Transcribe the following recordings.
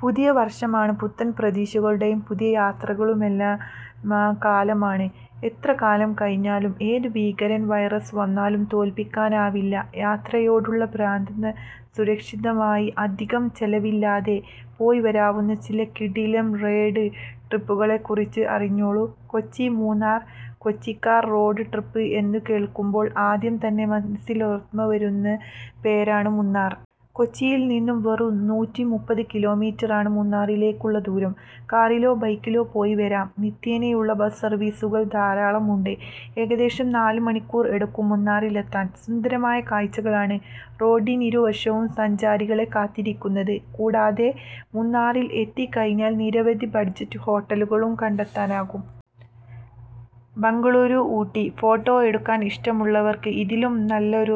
പുതിയ വര്‍ഷമാണ്. പുത്തന്‍ പ്രതീക്ഷകളുടെയും പുതിയ യാത്രകളുടെയുമെല്ലാം കാലമാണ്. എത്രകാലം കഴിഞ്ഞാലും ഏതു ഭീകരൻ വൈറസ് വന്നാലും തോല്‍പ്പിക്കാനാവില്ല, യാത്രയോടുള്ള ഭ്രമത്തെ. സുരക്ഷിതമായി അധികം ചെലവില്ലാതെ പോയിവരാവുന്ന ചില കിടിലന്‍ റോഡ് ട്രിപ്പുകളെക്കുറിച്ച് അറിഞ്ഞോളൂ. കൊച്ചി- മൂന്നാര്‍ കൊച്ചിക്കാർക്ക് റോഡ് ട്രിപ്പ് എന്നു കേള്‍ക്കുമ്പോഴേ ആദ്യം തന്നെ മനസ്സിലേക്ക് വരുന്ന പേരാണ് മൂന്നാര്‍. കൊച്ചിയില്‍ നിന്നും വെറും നൂറ്റിമൂപ്പത്ത് കിലോമീറ്ററാണ് മൂന്നാറിലേക്കുള്ള ദൂരം. കാറിലോ ബൈക്കിലോ പോയി വരാം, നിത്യേനയുള്ള ബസ് സര്‍വീസുകളും ധാരാളമുണ്ട്. ഏകദേശം നാല് മണിക്കൂർ എടുക്കും മൂന്നാറിലെത്താൻ. സുന്ദരമായ കാഴ്ചകളാണ് റോഡിനിരുവശവും സഞ്ചാരികളെ കാത്തിരിക്കുന്നത്. കൂടാതെ, മൂന്നാറില്‍ എത്തിക്കഴിഞ്ഞാൽ നിരവധി ബജറ്റ് ഹോട്ടലുകളും കണ്ടെത്താനാകും. ബെംഗളൂരു-ഊട്ടി ഫോട്ടോയെടുക്കാൻ ഇഷ്ടമുള്ളവർക്ക് ഇതിലും നല്ലൊരു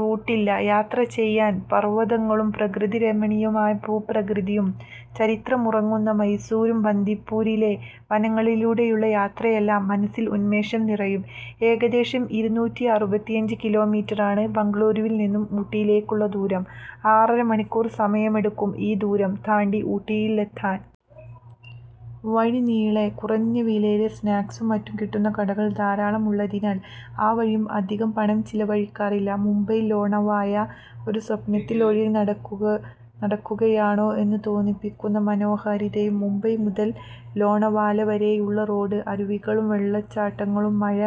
റൂട്ടില്ല യാത്ര ചെയ്യാന്‍. പർവതങ്ങളും പ്രകൃതിരമണീയമായ ഭൂപ്രകൃതിയും ചരിത്രമുറങ്ങുന്ന മൈസൂരും ബന്ദിപ്പൂരിലെ വനങ്ങളിലൂടെയുള്ള യാത്രയുമെല്ലാം മനസ്സില്‍ ഉന്മേഷം നിറയ്ക്കും. ഏകദേശം ഇരുന്നൂറ്റിയറുപതിയഞ്ച് കിലോമീറ്റര്‍ ആണ് ബെംഗളൂരുവിൽ നിന്നും ഊട്ടിയിലേക്കുള്ള ദൂരം. ആറര മണിക്കൂര്‍ സമയമെടുക്കും ഈ ദൂരം താണ്ടി ഊട്ടിയില്‍ എത്താന്‍. വഴി നീളെ കുറഞ്ഞ വിലയ്ക്ക് സ്നാക്സും മറ്റും കിട്ടുന്ന കടകളും ധാരാളം ഉള്ളതിനാല്‍ ആ വഴിക്കും അധികം പണം ചിലവാകില്ല. മുംബൈ-ലോണാവാല ഒരു സ്വപ്നത്തില്‍ ഒഴുകി നടക്കുകയാണോ എന്നു തോന്നിപ്പിക്കുന്നത്രയും മനോഹാരിതയാണ് മുംബൈ മുതൽ ലോണാവാല വരെയുള്ള റോഡിന്. അരുവികളും വെള്ളച്ചാട്ടങ്ങളും മഴ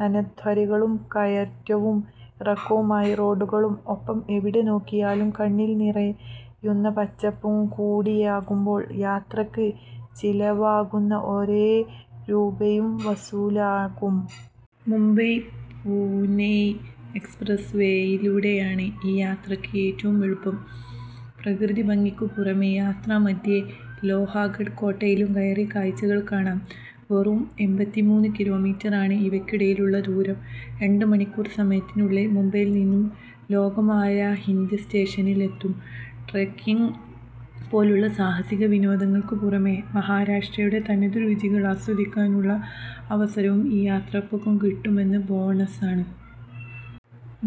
നനഞ്ഞ താഴ്വരകളും കയറ്റവും ഇറക്കവുമുള്ള റോഡുകളും ഒപ്പം എവിടെ നോക്കിയാലും കണ്ണില്‍ നിറയുന്ന പച്ചപ്പും കൂടിയാടുമ്പോള്‍ യാത്രക്ക് ചിലവാകുന്ന ഓരോ രൂപയും വസൂലാകും. മുംബൈ-പൂനെ എക്സ്പ്രസ് വേയിലൂടെയാണ് ഈ യാത്രക്ക് ഏറ്റവും എളുപ്പം. പ്രകൃതിഭംഗിക്ക് പുറമേ യാത്രാമധ്യേ, ലോഹഗഡ് കോട്ടയിലും കയറി കാഴ്ചകള്‍ കാണാം. വെറും എമ്പത്തിമൂന്നു കിലോമീറ്റര്‍ ആണ് ഇവയ്ക്കിടയിലുള്ള ദൂരം. രണ്ടു മണിക്കൂര്‍ സമയത്തിനുള്ളിൽ മുംബൈയില്‍ നിന്നും ലോണാവാല ഹിൽ സ്റ്റേഷനിൽ എത്തും. ട്രെക്കിങ് പോലെയുള്ള സാഹസിക വിനോദങ്ങള്‍ക്ക് പുറമേ, മഹാരാഷ്ട്രയുടെ തനതു രുചികള്‍ ആസ്വദിക്കാനുള്ള അവസരവും ഈ യാത്രക്കൊപ്പം കിട്ടുന്ന ബോണസാണ്.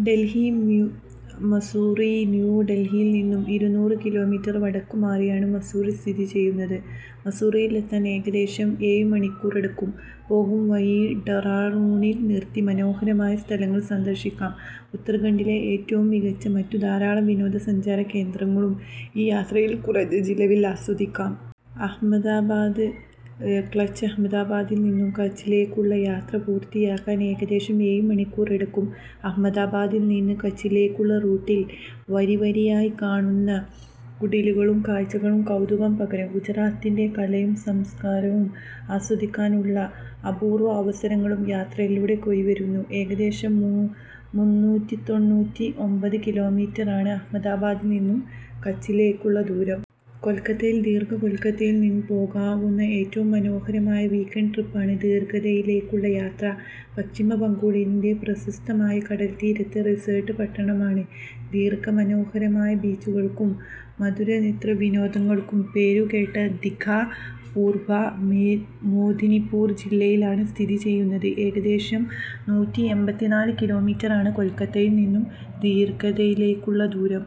ഡൽഹി-മസ്സൂറി ന്യൂ ഡൽഹിയിൽ നിന്ന് ഇരുനൂറ് കിലോമീറ്റർ വടക്ക് മാറിയാണ് മസ്സൂറി സ്ഥിതി ചെയ്യുന്നത്, മസ്സൂറിയിലെത്താൻ ഏകദേശം ഏഴ് മണിക്കൂർ എടുക്കും. പോകുംവഴി ഡെറാഡൂണിൽ നിർത്തി മനോഹരമായ സ്ഥലങ്ങള്‍ സന്ദര്‍ശിക്കാം. ഉത്തരാഖണ്ഡിലെ ഏറ്റവും മികച്ച മറ്റു ധാരാളം വിനോദസഞ്ചാര കേന്ദ്രങ്ങളും ഈ യാത്രയില്‍ കുറഞ്ഞ ചിലവില്‍ ആസ്വദിക്കാം. അഹമ്മദാബാദ്-കച്ച് അഹമ്മദാബാദിൽ നിന്ന് കച്ചിലേക്കുള്ള യാത്ര പൂർത്തിയാക്കാൻ ഏകദേശം ഏഴ് മണിക്കൂർ എടുക്കും. അഹമ്മദാബാദിൽ നിന്ന് കച്ചിലേക്കുള്ള റൂട്ടിൽ വരിവരിയായി കാണുന്ന കുടിലുകളുടെ കാഴ്ച കൗതുകം പകരും. ഗുജറാത്തിന്‍റെ കലയും സംസ്കാരവും ആസ്വദിക്കാനുള്ള അപൂര്‍വ്വ അവസരവും ഈ യാത്രയിലൂടെ കൈവരുന്നു. ഏകദേശം മുന്നൂറ്റിതൊണ്ണൂറ്റിഒമ്പത് കിലോമീറ്റര്‍ ആണ് അഹമ്മദാബാദിൽ നിന്നും കച്ചിലേക്കുള്ള ദൂരം. കൊൽക്കത്ത ദിഘ കൊൽക്കത്തയിൽ നിന്നും പോകാനാവുന്ന ഏറ്റവും മനോഹരമായ വീക്കെൻഡ് ട്രിപ്പാണ് ദിഘയിലേക്കുള്ള യാത്ര. പശ്ചിമബംഗാളിലെ പ്രശസ്തമായ ഒരു കടൽത്തീര റിസോർട്ട് പട്ടണമാണ് ദിഘ. മനോഹരമായ ബീച്ചുകള്‍ക്കും സമുദ്രവിനോദങ്ങൾക്കും പേരുകേട്ട ദിഘ, പുർബ മേദിനിപൂർ ജില്ലയിലാണ് സ്ഥിതി ചെയ്യുന്നത്. ഏകദേശം നൂറ്റിഎമ്പതിനാല് കിലോമീറ്റർ ആണ് കൊല്‍ക്കത്തയില്‍ നിന്നും ദിഘയിലേക്കുള്ള ദൂരം.